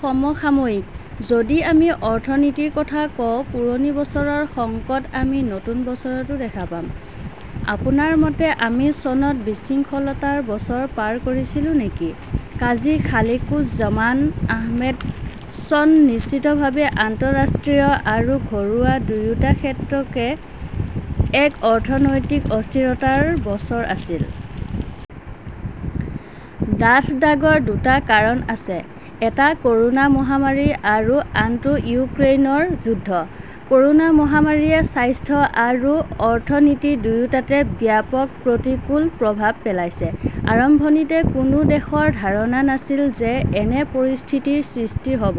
সমসাময়িকঃ যদি আমি অৰ্থনীতিৰ কথা কওঁ-পুৰণি বছৰৰ সংকট আমি নতুন বছৰতো দেখা পাম। আপোনাৰ মতে আমি চনত বিশৃংখলতাৰ বছৰ পাৰ কৰিছিলো নেকি? কাজী খালিকুজ্জমান আহমেদঃ চন নিশ্চিতভাৱে আন্তঃৰাষ্ট্ৰীয় আৰু ঘৰুৱা দুয়োটা ক্ষেত্ৰতে এক অৰ্থনৈতিক অস্থিৰতাৰ বছৰ আছিল। ডাঠ দাগৰ দুটা কাৰণ আছে, এটা ক "ৰোনা মহামাৰী আৰু আনটো ইউক্ৰেইনৰ যুদ্ধ। ক "ৰোনা মহামাৰীয়ে স্বাস্থ্য আৰু অৰ্থনীতি দুয়োটাতে ব্যাপক প্ৰতিকূল প্ৰভাৱ পেলাইছে। আৰম্ভণিতে কোনো দেশৰ ধাৰণা নাছিল যে এনে পৰিস্থিতিৰ সৃষ্টি হ "ব।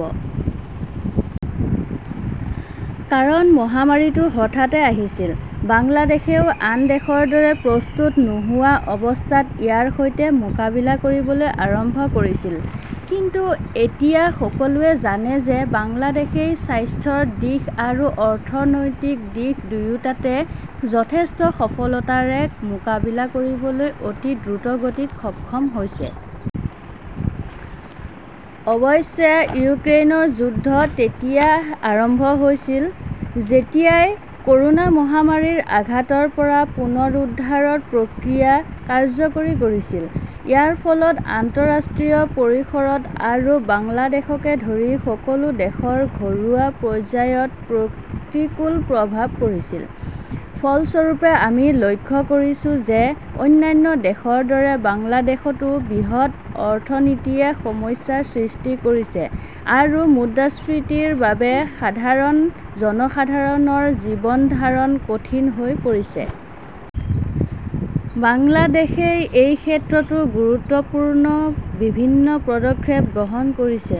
কাৰণ মহামাৰীটো হঠাতে আহিছিল। বাংলাদেশেও আন দেশৰ দৰে প্ৰস্তুত নোহোৱা অৱস্থাত ইয়াৰ সৈতে মোকাবিলা কৰিবলৈ আৰম্ভ কৰিছিল। কিন্তু এতিয়া সকলোৱে জানে যে বাংলাদেশই স্বাস্থ্যৰ দিশ আৰু অৰ্থনৈতিক দিশ দুয়োটাতে যথেষ্ট সফলতাৰে মোকাবিলা কৰিবলৈ অতি দ্ৰুতগতিত সক্ষম হৈছে। অৱশ্যে ইউক্ৰেইনৰ যুদ্ধ তেতিয়া আৰম্ভ হৈছিল যেতিয়া ই ক "ৰোনা মহামাৰীৰ আঘাতৰ পৰা পুনৰুদ্ধাৰৰ প্ৰক্ৰিয়া কাৰ্যকৰী কৰিছিল; ইয়াৰ ফলত আন্তঃৰাষ্ট্ৰীয় পৰিসৰত আৰু বাংলাদেশকে ধৰি সকলো দেশৰ ঘৰুৱা পৰ্যায়ত প্ৰতিকূল প্ৰভাৱ পৰিছিল। ফলস্বৰূপে, আমি লক্ষ্য কৰিছো যে অন্যান্য দেশৰ দৰে বাংলাদেশতো বৃহৎ অৰ্থনীতিয়ে সমস্যাৰ সৃষ্টি কৰিছে আৰু মুদ্ৰাস্ফীতিৰ বাবে সাধাৰণ জনসাধাৰণৰ জীৱন ধাৰণ কঠিন হৈ পৰিছে। বাংলাদেশই এই ক্ষেত্ৰতো গুৰুত্বপূৰ্ণ বিভিন্ন পদক্ষেপ গ্ৰহণ কৰিছে;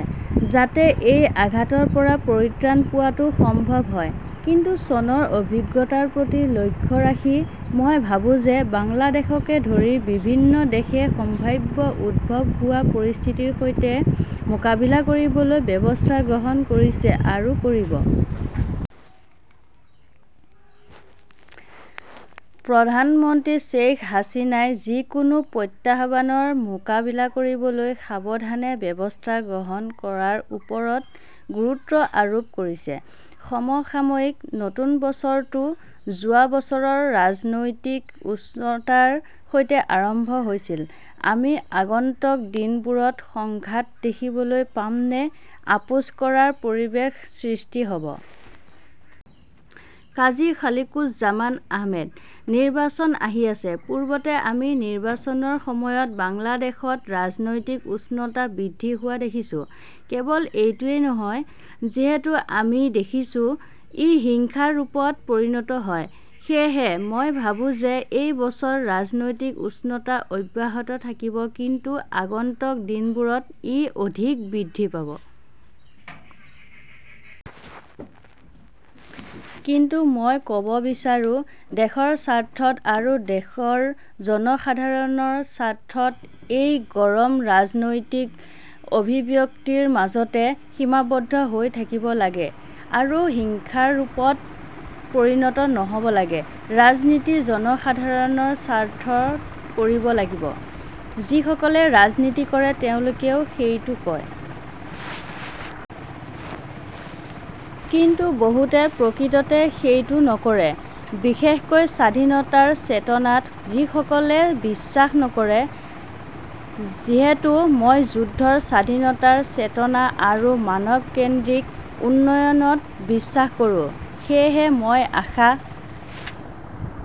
যাতে এই আঘাতৰ পৰা পৰিত্ৰাণ পোৱাটো সম্ভৱ হয়। কিন্তু চনৰ অভিজ্ঞতাৰ প্ৰতি লক্ষ্য ৰাখি, মই ভাবো যে বাংলাদেশকে ধৰি বিভিন্ন দেশে সম্ভাৱ্য উদ্ভৱ হোৱা পৰিস্থিতিৰ সৈতে মোকাবিলা কৰিবলৈ ব্যৱস্থা গ্ৰহণ কৰিছে আৰু কৰিব। প্ৰধানমন্ত্ৰী শ্বেইখ হাছিনাই যিকোনো প্ৰত্যাহ্বানৰ মোকাবিলা কৰিবলৈ সাৱধানে ব্যৱস্থা গ্ৰহণ কৰাৰ ওপৰত গুৰুত্ব আৰোপ কৰিছে। সমসাময়িকঃ নতুন বছৰটো যোৱা বছৰৰ ৰাজনৈতিক উষ্ণতাৰ সৈতে আৰম্ভ হৈছিল। আমি আগন্তুক দিনবোৰত সংঘাত দেখিবলৈ পাম নে আপোচ কৰাৰ পৰিৱেশ সৃষ্টি হ "ব? কাজী খালিকুজ্জমান আহমেদঃ নিৰ্বাচন আহি আছে। পূৰ্বতে আমি নিৰ্বাচনৰ সময়ত বাংলাদেশত ৰাজনৈতিক উষ্ণতা বৃদ্ধি হোৱা দেখিছো। কেৱল এইটোৱেই নহয়, যিহেতু আমি ত দেখিছো, ই হিংসাৰ ৰূপত পৰিণত হয়। সেয়েহে মই ভাবো যে এই বছৰ ৰাজনৈতিক উষ্ণতা অব্যাহত থাকিব কিন্তু আগন্তুক দিনবোৰত ই অধিক বৃদ্ধি পাব। কিন্তু মই ক 'ব বিচাৰো, দেশৰ স্বাৰ্থত আৰু দেশৰ জনসাধাৰণৰ স্বাৰ্থত এই গৰম ৰাজনৈতিক অভিব্যক্তিৰ মাজতে সীমাবদ্ধ হৈ থাকিব লাগে আৰু হিংসাৰ ৰূপত পৰিণত নহ' ব লাগে। ৰাজনীতি জনসাধাৰণৰ স্বাৰ্থত কৰিব লাগিব, যিসকলে ৰাজনীতি কৰে তেওঁলোকেও সেইটো কয়। কিন্তু বহুতে প্ৰকৃততে সেইটো নকৰে, বিশেষকৈ স্বাধীনতাৰ চেতনাত যিসকলে বিশ্বাস নকৰে। যিহেতু মই যুদ্ধৰ স্বাধীনতাৰ চেতনা আৰু মানৱ-কেন্দ্ৰিক উন্নয়নত বিশ্বাস কৰোঁ, সেয়েহে মই আশা